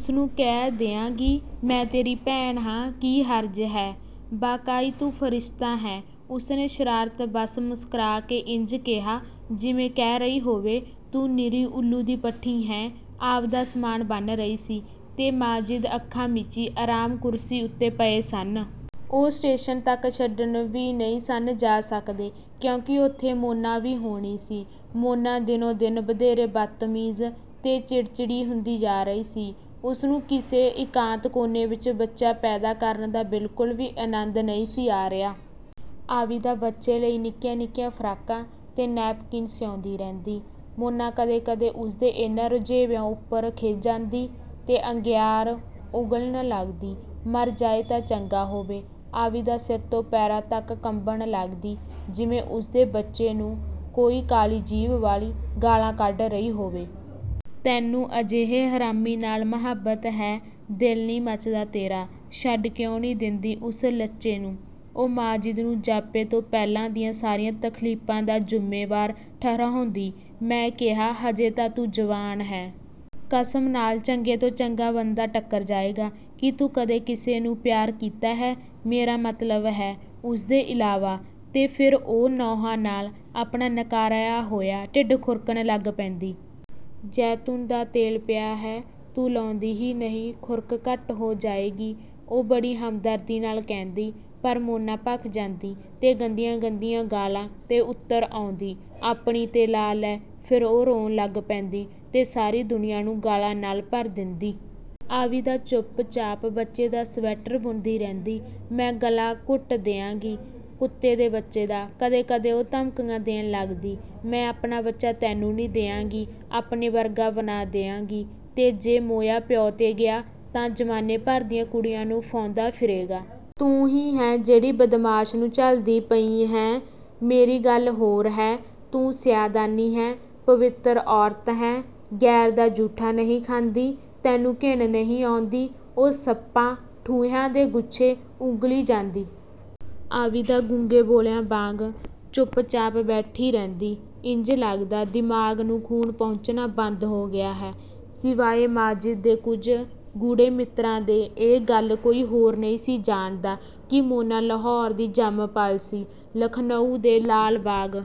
"ਉਸਨੂੰ ਕਹਿ ਦਿਆਂਗੀ, ਮੈਂ ਤੇਰੀ ਭੈਣ ਹਾਂ।" "ਕੀ ਹਰਜ਼ ਹੈ।" "ਵਾਕਈ ਤੂੰ ਫਰਿਸ਼ਤਾ ਹੈਂ।" ਉਸਨੇ ਸ਼ਰਾਰਤ ਵੱਸ ਮੁਸਕਰਾ ਕੇ ਇੰਜ ਕਿਹਾ ਜਿਵੇਂ ਕਹਿ ਰਹੀ ਹੋਵੇ, 'ਤੂੰ ਨਿਰੀ ਊੱਲੂ ਦੀ ਪੱਠੀ ਹੈਂ।'ਆਬਿਦਾ ਸਾਮਾਨ ਬੰਨ੍ਹ ਰਹੀ ਸੀ ਤੇ ਮਾਜਿਦ ਅੱਖਾਂ ਮੀਚੀ ਆਰਾਮ ਕੁਰਸੀ ਉੱਤੇ ਪਏ ਸਨ। ਉਹ ਸਟੇਸ਼ਨ ਤੱਕ ਛੱਡਣ ਵੀ ਨਹੀਂ ਸਨ ਜਾ ਸਕਦੇ, ਕਿਉਂਕਿ ਉੱਥੇ ਮੋਨਾ ਵੀ ਹੋਣੀ ਸੀ। ਮੋਨਾ ਦਿਨੋਂ-ਦਿਨ ਵਧੇਰੇ ਬਦਤਮੀਜ਼ ਤੇ ਚਿੜਚਿੜੀ ਹੁੰਦੀ ਜਾ ਰਹੀ ਸੀ। ਉਸਨੂੰ ਕਿਸੇ ਇਕਾਂਤ ਕੋਨੇ ਵਿੱਚ ਬੱਚਾ ਪੈਦਾ ਕਰਨ ਦਾ ਬਿਲਕੁਲ ਵੀ ਆਨੰਦ ਨਹੀਂ ਸੀ ਆ ਰਿਹਾ। ਆਬਿਦਾ ਬੱਚੇ ਲਈ ਨਿੱਕੀਆਂ-ਨਿੱਕੀਆਂ ਫਰਾਕਾਂ ਤੇ ਨੇਪਕਿਨ ਸਿਉਂਦੀ ਰਹਿੰਦੀ। ਮੋਨਾ ਕਦੇ-ਕਦੇ ਉਸਦੇ ਇਹਨਾਂ ਰੁਝੇਵਿਆਂ ਉੱਪਰ ਖਿਝ ਜਾਂਦੀ ਤੇ ਅੰਗਿਆਰ ਉਗਲਣ ਲੱਗਦੀ, "ਮਰ ਜਾਏ ਤਾਂ ਚੰਗਾ ਹੋਵੇ।" ਆਬਿਦਾ ਸਿਰ ਤੋਂ ਪੈਰਾਂ ਤੱਕ ਕੰਬਣ ਲੱਗਦੀ ਜਿਵੇਂ, ਉਸਦੇ ਆਪਣੇ ਬੱਚੇ ਨੂੰ ਕੋਈ ਕਾਲੀ ਜੀਭ ਵਾਲੀ ਗਾਲ੍ਹਾਂ ਕੱਢ ਰਹੀ ਹੋਵੇ। "ਤੈਨੂੰ ਅਜਿਹੇ ਹਰਾਮੀ ਨਾਲ ਮੁਹੱਬਤ ਹੈ? ਦਿਲ ਨਹੀਂ ਮੱਚਦਾ ਤੇਰਾ? ਛੱਡ ਕਿਉਂ ਨਹੀਂ ਦਿੰਦੀ ਉਸ ਲੱਚੇ ਨੂੰ...?" ਉਹ ਮਾਜਿਦ ਨੂੰ ਜਾਪੇ ਤੋਂ ਪਹਿਲਾਂ ਦੀਆਂ ਸਾਰੀਆਂ ਤਕਲੀਫ਼ਾਂ ਦਾ ਜ਼ਿੰਮੇਵਾਰ ਠਹਿਰਾਉਂਦੀ, "ਮੈਂ ਕਿਹਾ ਹਜੇ ਤਾਂ ਤੂੰ ਜਵਾਨ ਹੈਂ। ਕਸਮ ਨਾਲ ਚੰਗੇ ਤੋਂ ਚੰਗਾ ਬੰਦਾ ਟੱਕਰ ਜਾਏਗਾ। ਕੀ ਤੂੰ ਕਦੇ ਕਿਸੇ ਨੂੰ ਪਿਆਰ ਕੀਤਾ ਹੈ? ਮੇਰਾ ਮਤਲਬ ਹੈ ਉਸਦੇ ਇਲਾਵਾ..." ਤੇ ਫਿਰ ਉਹ ਨਹੁੰਆਂ ਨਾਲ ਆਪਣਾ ਨਕਾਰਾ ਹੋਇਆ ਢਿੱਡ ਖੁਰਕਣ ਲੱਗ ਪੈਂਦੀ। "ਜੈਤੂਨ ਦਾ ਤੇਲ ਪਿਆ ਹੈ, ਤੂੰ ਲਾਉਂਦੀ ਹੀ ਨਹੀਂ; ਖੁਰਕ ਘੱਟ ਹੋ ਜਾਏਗੀ..." ਉਹ ਬੜੀ ਹਮਦਰਦੀ ਨਾਲ ਕਹਿੰਦੀ ਪਰ ਮੋਨਾ ਭਖ ਜਾਂਦੀ ਤੇ ਗੰਦੀਆਂ-ਗੰਦੀਆਂ ਗਾਲ੍ਹਾਂ 'ਤੇ ਉਤਰ ਆਉਂਦੀ...: "ਆਪਣੀ...'ਤੇ ਲਾ ਲੈ।" ਫਿਰ ਉਹ ਰੋਣ ਲੱਗ ਪੈਂਦੀ ਤੇ ਸਾਰੀ ਦੁਨੀਆਂ ਨੂੰ ਗਾਲ੍ਹਾਂ ਨਾਲ ਭਰ ਦੇਂਦੀ। ਆਬਿਦਾ ਚੁੱਪਚਾਪ ਬੱਚੇ ਦਾ ਸਵੈਟਰ ਬੁਣਦੀ ਰਹਿੰਦੀ। "ਮੈਂ ਗਲਾ ਘੁੱਟ ਦਿਆਂਗੀ ਕੁੱਤੇ ਦੇ ਬੱਚੇ ਦਾ," ਕਦੇ-ਕਦੇ ਉਹ ਧਮਕੀਆਂ ਦੇਣ ਲੱਗਦੀ, "ਮੈਂ ਆਪਣਾ ਬੱਚਾ ਤੈਨੂੰ ਨਹੀਂ ਦਿਆਂਗੀ। ਆਪਣੇ ਵਰਗਾ ਬਣਾ ਦਿਆਂਗੀ... ਤੇ ਜੇ ਮੋਇਆ ਪਿਓ 'ਤੇ ਗਿਆ ਤਾਂ ਜ਼ਮਾਨੇ ਭਰ ਦੀਆਂ ਕੁੜੀਆਂ ਨੂੰ ਫਾਹੁੰਦਾ ਫਿਰੇਗਾ। ਤੂੰ ਹੀ ਹੈਂ ਜਿਹੜੀ ਬਦਮਾਸ਼ ਨੂੰ ਝੱਲਦੀ ਪਈ ਹੈਂ। ਮੇਰੀ ਗੱਲ ਹੋਰ ਹੈ, ਤੂੰ ਸਈਅਦਾਨੀ ਹੈਂ, ਪਵਿੱਤਰ ਔਰਤ ਹੈਂ, ਗ਼ੈਰ ਦਾ ਜੂਠਾ ਨਹੀਂ ਖਾਂਦੀ... ਤੈਨੂੰ ਘਿਣ ਨਹੀਂ ਆਉਂਦੀ?" ਉਹ ਸੱਪਾਂ-ਠੂੰਹਿਆਂ ਦੇ ਗੁੱਛੇ ਉਗਲੀ ਜਾਂਦੀ। ਆਬਿਦਾ ਗੂੰਗੇ-ਬੋਲਿਆਂ ਵਾਂਗ ਚੁੱਪਚਾਪ ਬੈਠੀ ਰਹਿੰਦੀ। ਇੰਜ ਲੱਗਦਾ, ਦਿਮਾਗ਼ ਨੂੰ ਖੂਨ ਪਹੁੰਚਣਾ ਬੰਦ ਹੋ ਗਿਆ ਹੈ। ਸਿਵਾਏ ਮਾਜਿਦ ਦੇ ਕੁਝ ਗੂੜ੍ਹੇ ਮਿੱਤਰਾਂ ਦੇ ਇਹ ਗੱਲ ਕੋਈ ਹੋਰ ਨਹੀਂ ਸੀ ਜਾਣਦਾ ਕਿ ਮੋਨਾ ਲਾਹੌਰ ਦੀ ਜੰਮ-ਪਲ ਸੀ। ਲਖ਼ਨਊ ਦੇ ਲਾਲ ਬਾਗ